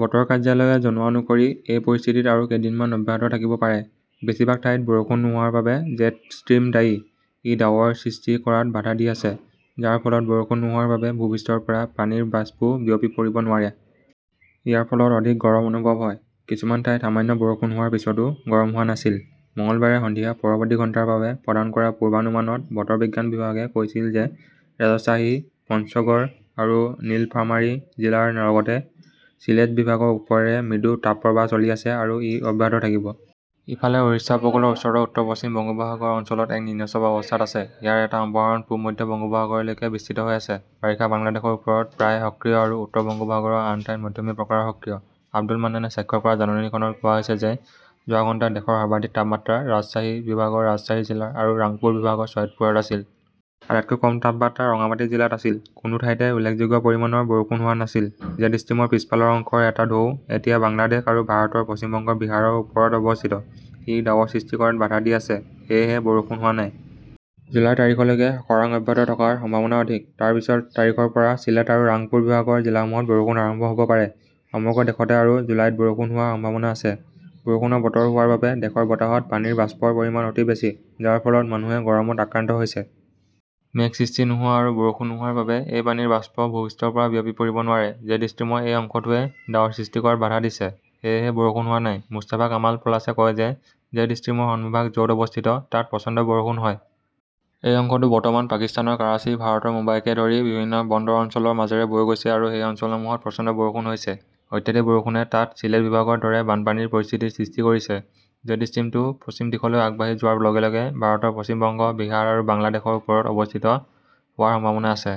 বতৰ কাৰ্যালয়ে জনোৱা অনুসৰি এই পৰিস্থিতি আৰু কেইদিনমান অব্যাহত থাকিব পাৰে। বেছিভাগ ঠাইত বৰষুণ নোহোৱাৰ বাবে জেট ষ্ট্ৰীম দায়ী। ই ডাৱৰ সৃষ্টি কৰাত বাধা দি আছে, যাৰ ফলত বৰষুণ নোহোৱাৰ বাবে ভূ-পৃষ্ঠৰ পৰা পানীৰ বাষ্পো বিয়পি পৰিব নোৱাৰে। ইয়াৰ ফলত অধিক গৰম অনুভৱ হয়। কিছুমান ঠাইত সামান্য বৰষুণ হোৱাৰ পিছতো গৰম হোৱা নাছিল। মঙলবাৰে সন্ধিয়া পৰৱৰ্তী ঘণ্টাৰ বাবে প্ৰদান কৰা পূৰ্বানুমানত বতৰ বিজ্ঞান বিভাগে কৈছিল যে ৰাজশ্বাহী, পঞ্চগড় আৰু নীলফামাৰী জিলাৰ লগতে চিলেট বিভাগৰ ওপৰেৰে মৃদু তাপপ্ৰবাহ চলি আছে আৰু ই অব্যাহত থাকিব। ইফালে, উৰিষ্যা উপকূলৰ ওচৰৰ উত্তৰ-পশ্চিম বংগোপসাগৰ অঞ্চলত এক নিম্নচাপ অৱস্থাত আছে, ইয়াৰ এটা সম্প্ৰসাৰণ পূব-মধ্য বংগোপসাগৰলৈকে বিস্তৃত হৈ আছে। বাৰিষা বাংলাদেশৰ ওপৰত প্ৰায় সক্ৰিয় আৰু উত্তৰ বংগোপসাগৰৰ আন ঠাইত মধ্যমীয়া প্ৰকাৰৰ সক্ৰিয়। আব্দুল মান্নানে স্বাক্ষৰ কৰা জাননীখনত কোৱা হৈছে যে যোৱা ঘণ্টাত দেশৰ সৰ্বাধিক তাপমাত্ৰা ৰাজশ্বাহী বিভাগৰ ৰাজশ্বাহী জিলা আৰু ৰাংপুৰ বিভাগৰ চৈয়দপুৰত আছিল। আটাইতকৈ কম তাপমাত্ৰা ৰঙ্গামাটি জিলাত আছিল। কোনো ঠাইতে উল্লেখযোগ্য পৰিমাণৰ বৰষুণ হোৱা নাছিল। জেট ষ্ট্ৰীমৰ পিছফালৰ অংশৰ এটা ঢৌ এতিয়া বাংলাদেশ আৰু ভাৰতৰ পশ্চিম বংগৰ বিহাৰৰ ওপৰত অৱস্থিত। ই ডাৱৰ সৃষ্টি কৰাত বাধা দি আছে, সেয়েহে বৰষুণ হোৱা নাই। জুলাইৰ তাৰিখলৈকে খৰাং অব্যাহত থকাৰ সম্ভাৱনা অধিক। তাৰ পিছত তাৰিখৰ পৰা চিলেট আৰু ৰাংপুৰ বিভাগৰ জিলাসমূহত বৰষুণ আৰম্ভ হ 'ব পাৰে। সমগ্ৰ দেশতে আৰু জুলাইত বৰষুণ হোৱাৰ সম্ভাৱনা আছে। বৰষুণৰ বতৰ হোৱাৰ বাবে দেশৰ বতাহত পানীৰ বাষ্পৰ পৰিমাণ অতি বেছি, যাৰ ফলত মানুহে গৰমত আক্ৰান্ত হৈছে। মেঘ সৃষ্টি নোহোৱা আৰু বৰষুণ নোহোৱাৰ বাবে এই পানীৰ বাষ্প ভূ-পৃষ্ঠৰ পৰা বিয়পি পৰিব নোৱাৰে। জেট ষ্ট্ৰীমৰ এই অংশটোৱে ডাৱৰ সৃষ্টি কৰাত বাধা দিছে, সেয়েহে বৰষুণ হোৱা নাই। মুস্তাফা কামাল পলাছে কয় যে জেট ষ্ট্ৰীমৰ সন্মুখভাগ য 'ত অৱস্থিত তাত প্ৰচণ্ড বৰষুণ হয়। এই অংশটো বৰ্তমান পাকিস্তানৰ কৰাচী, ভাৰতৰ মুম্বাইকে ধৰি বিভিন্ন বন্দৰ অঞ্চলৰ মাজেৰে বৈ গৈছে আৰু সেই অঞ্চলসমূহত প্ৰচণ্ড বৰষুণ হৈছে। অত্যাধিক বৰষুণে তাত চিলেট বিভাগৰ দৰে বানপানীৰ পৰিস্থিতিৰ সৃষ্টি কৰিছে। জেট ষ্ট্ৰীমটো পশ্চিম দিশলৈ আগবাঢ়ি যোৱাৰ লগে লগে ভাৰতৰ পশ্চিম বংগ, বিহাৰ আৰু বাংলাদেশৰ ওপৰত অৱস্থিত হোৱাৰ সম্ভাৱনা আছে।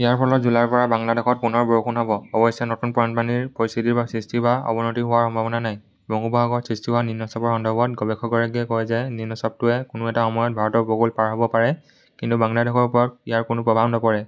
ইয়াৰ ফলত জুলাইৰ পৰা বাংলাদেশত পুনৰ বৰষুণ হʼব। অৱশ্যে, নতুন বানপানীৰ পৰিস্থিতিৰ সৃষ্টি বা অৱনতি হোৱাৰ সম্ভাৱনা নাই। বংগোপসাগৰত সৃষ্টি হোৱা নিম্নচাপৰ সন্দৰ্ভত গৱেষকগৰাকীয়ে কয় যে নিম্নচাপটোৱে কোনো এটা সময়ত ভাৰতৰ উপকূল পাৰ হʼব পাৰে, কিন্তু বাংলাদেশৰ ওপৰত ইয়াৰ কোনো প্ৰভাৱ নপৰে।